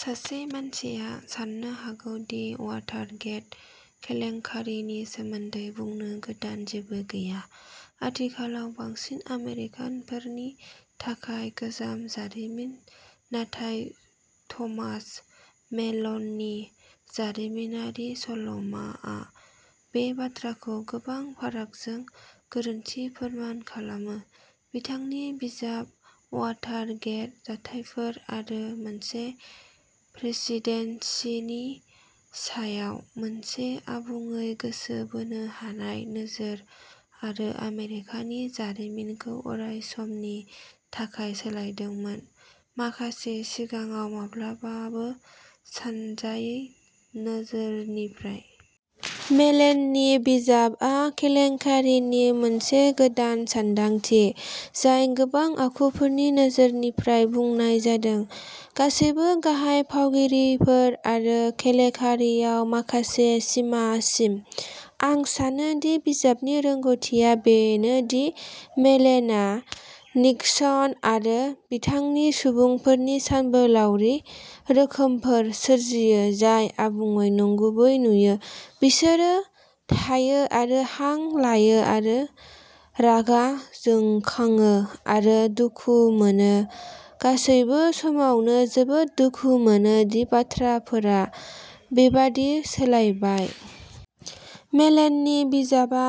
सासे मानसिया साननो हागौ दि वाटारगेट केलेंकारिनि सोमोन्दै बुंनो गोदान जेबो गैया, आथिखालाव बांसिन आमेरिकानफोरनि थाखाय गोजाम जारिमिन, नाथाय थमास मेलननि जारिमिनारि सल'माआ बे बाथ्राखौ गोबां फारागजों गोरोन्थि फोरमान खालामो। बिथांनि बिजाब, वाटारगेट, जाथायफोर आरो मोनसे प्रेसिडेन्सिनि सायाव मोनसे आबुङै गोसो बोनो हानाय नोजोर, जाय आमेरिकानि जारिमिनखौ अरायसमनि थाखाय सोलायदोंमोन, माखासे सिगाङाव माब्लाबाबो सानजायै नोजोरनिफ्राय। मेलननि बिजाबआ केलेंकारिनि मोनसे गोदान सानदांथि, जाय गोबां आखुफोरनि नोजोरनिफ्राय बुंनाय जादों, गासैबो गाहाय फावगिरिफोर आरो केलेकारियाव माखासे सिमासिम। आं सानो दि बिजाबनि रोंग'थिआ बेनो दि मेलनआ निक्सन आरो बिथांनि सुबुंफोरनि सानबोलावरि रोखोमफोर सोरजियो जाय आबुङै नंगुबै नुयो, बिसोरो थायो आरो हां लायो आरो रागा जोंखाङो आरो दुखु मोनो, गासैबो समावनो जोबोद दुखु मोनो दि बाथ्राफोरा बेबादि सोलायबाय। मेलननि बिजाबआ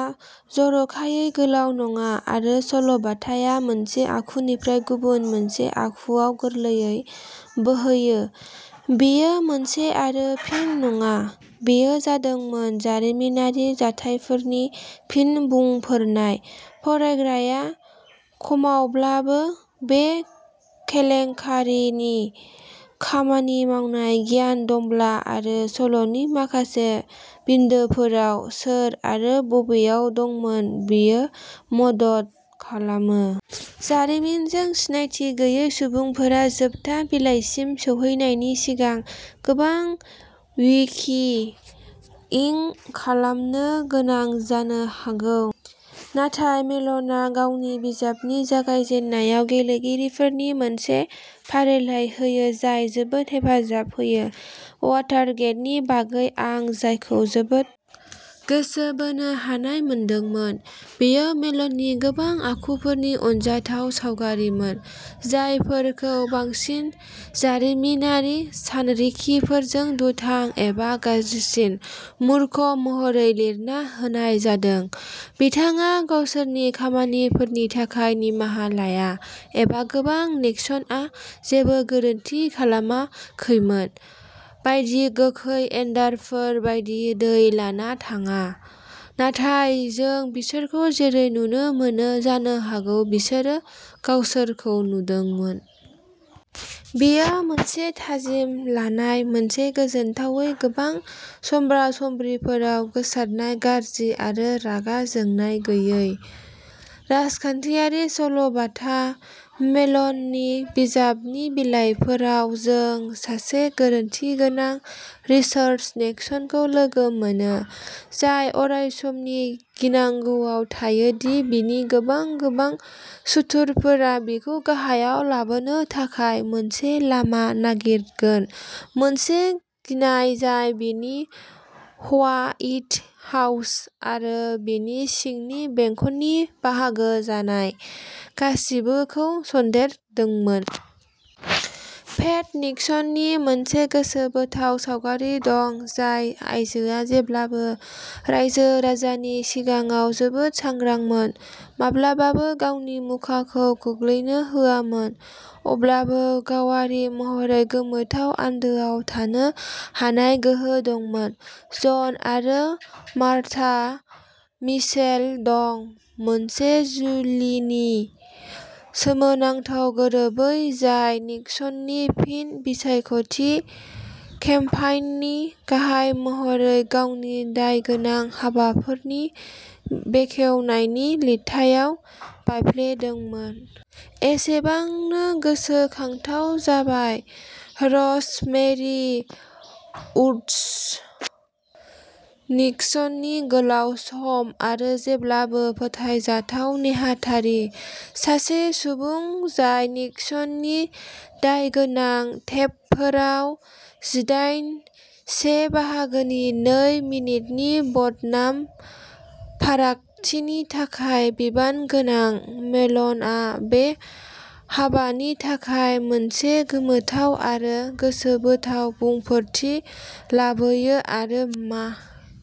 जर'खायै गोलाव नङा आरो सल'बाथाया मोनसे आखुनिफ्राय गुबुन मोनसे आखुआव गोरलैयै बोहैयो बेयो मोनसे आरो फिन नङा। बेयो जादोंमोन जारिमिनारि जाथायफोरनि फिन बुंफोरनाय, फरायग्राया खमावब्लाबो बे केलेंकारिनि खामानि मावनाय गियान दंब्ला आरो सल'नि माखासे बिन्दोफोराव सोर आरो बबेयाव दंमोन, बेयो मदद खालामो। जारिमिनजों सिनायथि गैयै सुबुंफोरा जोबथा बिलाइसिम सौहैनायनि सिगां गोबां विकि इं खालामनो गोनां जानो हागौ, नाथाय मेल'नआ गावनि बिजाबनि जागायजेननायाव गेलेगिरिफोरनि मोनसे फारिलाइ होयो जाय जोबोद हेफाजाब होयो। वाटारगेटनि बागै आं जायखौ जोबोद गोसो बोनो हानाय मोनदोंमोन, बेयो मेल'ननि गोबां आखुफोरनि अनजाथाव सावगारिमोन, जायफोरखौ बांसिन जारिमिनारि सानरिखिफोरजों दुथां एबा गाज्रिसिन, मुर्ख महरै लिरना होनाय जादों बिथाङा गावसोरनि खामानिफोरनि थाखाय निमाहा लाया एबा गोबां निक्सनआ जेबो गोरोन्थि खालामाखैमोन बायदि गोखै एन्डारफोर बायदि दै लाना थाङा, नाथाय जों बिसोरखौ जेरै नुनो मोनो, जानो हागौ, बिसोरो गावसोरखौ नुदोंमोन। बेयो मोनसे थाजिम लानाय मोनसे गोजोनथावै गोबां समब्रा-समब्रिफोराव गोसारनाय गाज्रि आरो रागा जोंनाय गैयै। राजखान्थियारि सल'बाथा। मेलननि बिजाबनि बिलाइफोराव, जों सासे गोरोन्थिगोनां रिचार्ड निक्सनखौ लोगो मोनो, जाय अरायसमनि गिनांगौआव थायो दि बिनि गोबां, गोबां सुथुरफोरा बिखौ गाहायाव लाबोनो थाखाय मोनसे लामा नागिरगोन, मोनसे गिनाय जाय बिनि हवाइट हाउस आरो बिनि सिंनि बेंखननि बाहागो जानाय गासिबोखौ सन्देरदोंमोन। पेट निक्सननि मोनसे गोसोबोथाव सावगारि दं, जाय आयजोआ जेब्लाबो रायजो-राजानि सिगाङाव जोबोद सांग्रांमोन, माब्लाबाबो गावनि मुखाखौ गोग्लैनो होआमोन, अब्लाबो गावारि महरै गोमोथाव आन्दोआव थानो हानाय गोहो दंमोन। जन आरो मार्था मिचेल दं, मोनसे जुलिनि सोमोनांथाव गोरोबै, जाय निक्सननि फिन बिसायख'थि केम्पाइननि गाहाय महरै गावनि दायगोनां हाबाफोरनि बेखेवनायनि लिरथायाव बायफ्लेदोंमोन। एसेबांनो गोसोखांथाव जाबाय रज मेरि उड्स, निक्सननि गोलाव सम आरो जेब्लाबो फोथायजाथाव नेहाथारि, सासे सुबुं जाय निक्सननि दायगोनां टेपफोराव जिदाइन से बाहागोनि नै मिनिटनि बदनाम फारागथिनि थाखाय बिबानगोनां। मेलनआ बे हाबानि थाखाय मोनसे गोमोथाव आरो गोसोबोथाव बुंफोरथि लाबोयो आरो मा।